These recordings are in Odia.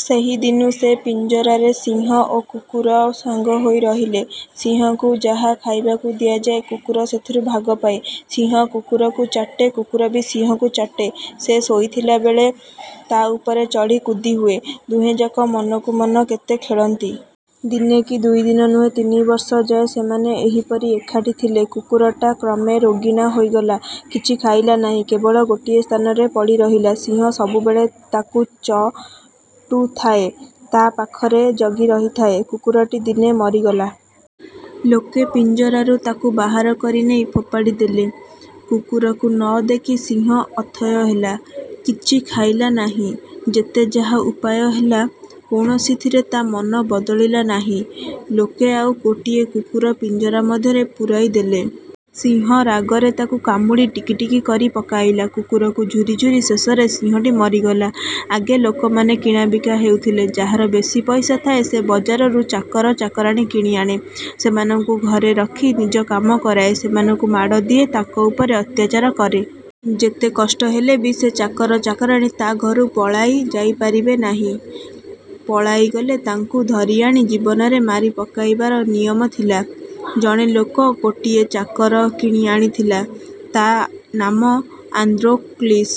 ସେହି ଦିନୁ ସେ ପିଞ୍ଜରାରେ ସିଂହ ଓ କୁକୁର ସାଙ୍ଗ ହୋଇ ରହିଲେ। ସିଂହକୁ ଯାହା ଖାଇବାକୁ ଦିଆଯାଏ, କୁକୁର ସେଥିରୁ ଭାଗ ପାଏ। ସିଂହ କୁକୁରକୁ ଚାଟେ; କୁକୁର ବି ସିଂହକୁ ଚାଟେ। ସେ ଶୋଇଥିଲା ବେଳେ ତା'ଉପରେ ଚଢ଼ି କୁଦି ହୁଏ। ଦୁହେଁଯାକ ମନକୁ ମନ କେତେ ଖେଳନ୍ତି। ଦିନେ କି ଦୁଇ ଦିନ ନୁହେଁ, ତିନି ବର୍ଷଯାଏ ସେମାନେ ଏହିପରି ଏକାଠି ଥିଲେ। କୁକୁରଟା କ୍ରମେ ରୋଗିଣା ହୋଇଗଲା, କିଛି ଖାଇଲା ନାହିଁ-କେବଳ ଗୋଟିଏ ସ୍ଥାନରେ ପଡ଼ିରହିଲା। ସିଂହ ସବୁବେଳେ ତାକୁ ଚ। ଟୁଥାଏ, ତା' ପାଖରେ ଜଗି ରହିଥାଏ। କୁକୁରଟି ଦିନେ ମରିଗଲା। ଲୋକେ ପିଞ୍ଜରାରୁ ତାକୁ ବାହାର କରି ନେଇ ଫୋପାଡ଼ି ଦେଲେ। କୁକୁରକୁ ନ ଦେଖି ସିଂହ ଅଥୟ ହେଲା, କିଛି ଖାଇଲା ନ। ହିଁ। ଯେତେ ଯାହା ଉପାୟ ହେଲା, କୌଣସିଥିରେ ତା' ମନ ବଦଳିଲା ନାହିଁ। ଲୋକେ ଆଉ ଗୋଟାଏ କୁକୁର ପିଞ୍ଜରା ମଧ୍ୟରେ ପୁରାଇ ଦେଲେ। ସିଂହ ରାଗରେ ତାକୁ କାମୁଡ଼ି ଟିକିଟିକି କରି ପକାଇଲା। କୁକୁରକୁ ଝୁରିଝୁରି ଶେଷରେ ସିଂହଟି ମରିଗଲା। ଆଗେ ଲୋକମାନେ କିଣାବିକା ହେଉଥିଲେ। ଯାହାର ବେଶୀ ପଇସା ଥାଏ, ସେ ବଜାରରୁ ଚାକର ଚାକରାଣୀ କିଣି ଆଣେ। ସେମାନଙ୍କୁ ଘରେ ରଖି ନିଜ କାମ କରାଏ। ସେମାନଙ୍କୁ ମାଡ଼ ଦିଏ, ତାଙ୍କ ଉପରେ ଅତ୍ୟାଚାର କରେ। ଯେତେ କଷ୍ଟ ହେଲେ ବି ସେ ଚାକର ଚାକରାଣୀ ତା' ଘରୁ ପଳାଇ ଯାଇପାରିବେ ନାହିଁ। ପଳାଇଗଲେ ତାଙ୍କୁ ଧରି ଆଣି ଜୀବନରେ ମାରିପକାଇବା ନିୟମ ଥିଲା। ଜଣେ ଲୋକ ଗୋଟିଏ ଚାକର କିଣି ଆଣିଥିଲା। ତା' ନାମ ଆନ୍ଦ୍ରୋକ୍ଳିସ।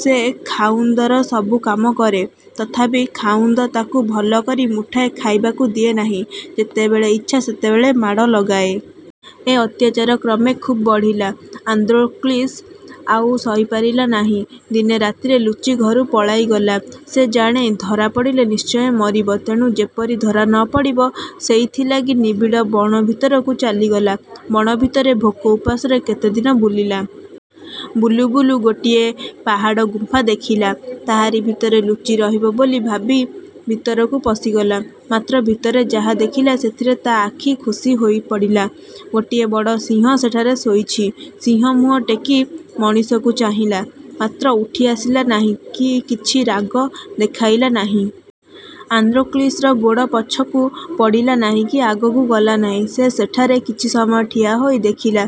ସେ ଖାଉନ୍ଦର ସବୁ କାମ କରେ; ତଥାପି ଖାଉନ୍ଦ ତାକୁ ଭଲକରି ମୁଠାଏ ଖାଇବାକୁ ଦିଏ ନାହିଁ, ଯେତେବେଳେ ଇଚ୍ଛା ସେତେବେଳେ ମାଡ଼ ଲଗାଏ। ଏ ଅତ୍ୟାଚାର କ୍ରମେ ଖୁବ୍ ବଢ଼ିଲା। ଆନ୍ଦ୍ରୋକ୍ଳିସ ଆଉ ସହିପାରିଲା ନାହିଁ। ଦିନେ ରାତିରେ ଲୁଚି ଘରୁ ପଳାଇଗଲା। ସେ ଜାଣେ, ଧରାପଡ଼ିଲେ ନିଶ୍ଚୟ ମରିବ। ତେଣୁ ଯେପରି ଧରା ନ ପଡ଼ିବ, ସେଇଥିଲାଗି ନିବିଡ଼ ବଣ ଭିତରକୁ ଚାଲିଗଲା। ବଣ ଭିତରେ ଭୋକ ଉପାସରେ କେତେ ଦିନ ବୁଲିଲା। ବୁଲୁ ବୁଲୁ ଗୋଟାଏ ପାହାଡ଼ ଗୁମ୍ଫା ଦେଖିଲା, ତାହାରି ଭିତରେ ଲୁଚି ରହିବ ବୋଲି ଭାବି ଭିତରକୁ ପଶିଗଲା। ମାତ୍ର ଭିତରେ ଯାହା ଦେଖିଲା, ସେଥିରେ ତା' ଆଖି ଖୋସି ହୋଇପଡ଼ିଲା। ଗୋଟାଏ ବଡ ସିଂହ ସେଠାରେ ଶୋଇଛି। ସିଂହ ମୁହଁ ଟେକି ମଣିଷକୁ ଚାହିଁଲା; ମାତ୍ର ଉଠି ଆସିଲା ନାହିଁ କି କିଛି ରାଗ ଦେଖାଇଲା ନାହିଁ। ଆନ୍ଦ୍ରୋକ୍ଳିସର ଗୋଡ଼ ପଛକୁ ପଡ଼ିଲା ନାହିଁ କି ଆଗକୁ ଗଲା ନାହିଁ। ସେ ସେଠାରେ କିଛି ସମୟ ଠିଆ ହୋଇ ଦେଖିଲା,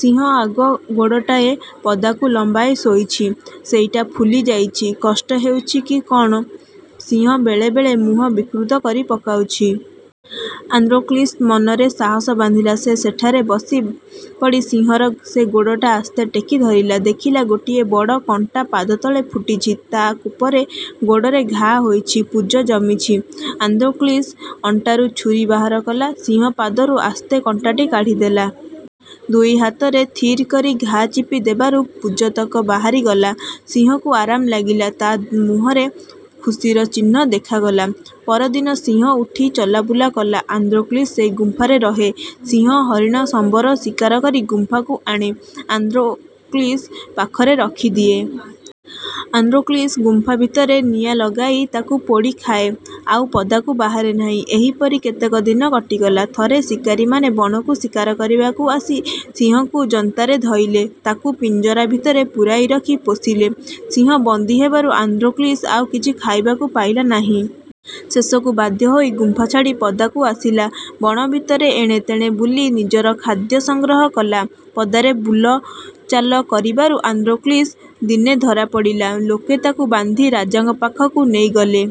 ସିଂହ ଆଗ ଗୋଡ଼ଟାଏ ପଦାକୁ ଲମ୍ବାଇ ଶୋଇଛି, ସେଇଟା ଫୁଲି ଯାଇଛି। କଷ୍ଟ ହେଉଛି କି କ'ଣ, ସିଂହ ବେଳେବେଳେ ମୁହଁ ବିକୃତ କରି ପକାଉଛି। ଆନ୍ଦ୍ରୋକ୍ଳିସ ମନରେ ସାହସ ବାନ୍ଧିଲା। ସେ ସେଠାରେ ବସି ପଡ଼ି ସିଂହର ସେ ଗୋଡ଼ଟା ଆସ୍ତେ ଟେକି ଧରିଲା। ଦେଖିଲା, ଗୋଟାଏ ବଡ଼ କଣ୍ଟା ପାଦତଳେ ଫୁଟିଛି; ତା' କୋପରେ ଗୋଡ଼ରେ ଘା ହୋଇଛି, ପୁଜ ଜମିଛି। ଆନ୍ଦ୍ରୋକ୍ଳିସ ଅଣ୍ଟାରୁ ଛୁରୀ ବାହାର କଲା। ସିଂହ ପାଦରୁ ଆସ୍ତେ କଣ୍ଟାଟି କାଢ଼ିଦେଲା। ଦୁଇ ହାତରେ ଥିର୍ କରି ଘା ଚିପି ଦେବାରୁ ପୁଜତକ ବାହାରିଗଲା। ସିଂହକୁ ଆରାମ ଲାଗିଲା; ତା' ମୁହଁରେ ଖୁସିର ଚିହ୍ନ ଦେଖାଗଲା। ପରଦିନ ସିଂହ ଉଠି ଚାଲବୁଲ କଲା। ଆନ୍ଦ୍ରୋକ୍ଳିସ ସେହି ଗୁମ୍ପାରେ ରହେ। ସିଂହ, ହରିଣ, ସମ୍ବର ଶିକାର କରି ଗୁମ୍ପାକୁ ଆଣେ; ଆନ୍ଦ୍ରୋକ୍ଳିସ ପାଖରେ ରଖିଦିଏ। ଆନ୍ଦ୍ରୋକ୍ଳିସ ଗୁମ୍ଫା ଭିତରେ ନିଆଁ ଲଗାଇ ତାକୁ ପୋଡ଼ି ଖାଏ। ଆଉ ପଦାକୁ ବାହାରେ ନାହିଁ। ଏହିପରି କେତେକ ଦିନ କଟିଗଲା। ଥରେ ଶିକାରୀମାନେ ବଣକୁ ଶିକାର କରିବାକୁ ଆସି ସିଂହକୁ ଜନ୍ତାରେ ଧଇଲେ; ତାକୁ ପିଞ୍ଜରା ଭିତରେ ପୂରାଇ ରଖି ପୋଷିଲେ। ସିଂହ ବନ୍ଦୀ ହେବାରୁ ଆନ୍ଦ୍ରୋକ୍ଳିସ ଆଉ କିଛି ଖାଇବାକୁ ପାଇଲା ନାହିଁ। ଶେଷକୁ ବାଧ୍ୟ ହୋଇ ଗୁମ୍ଫା ଛାଡ଼ି ପଦାକୁ ଆସିଲା। ବଣ ଭିତରେ ଏଣେ ତେଣେ ବୁଲି ନିଜର ଖାଦ୍ୟ ସଂଗ୍ରହ କଲା। ପଦାରେ ବୁଲଚାଲ କରିବାରୁ ଆନ୍ଦ୍ରୋକ୍ଳିସ। ଦିନେ ଧରା ପଡ଼ିଲା। ଲୋକେ ତାକୁ ବାନ୍ଧି ରାଜାଙ୍କ ପାଖକୁ ନେଇଗଲେ।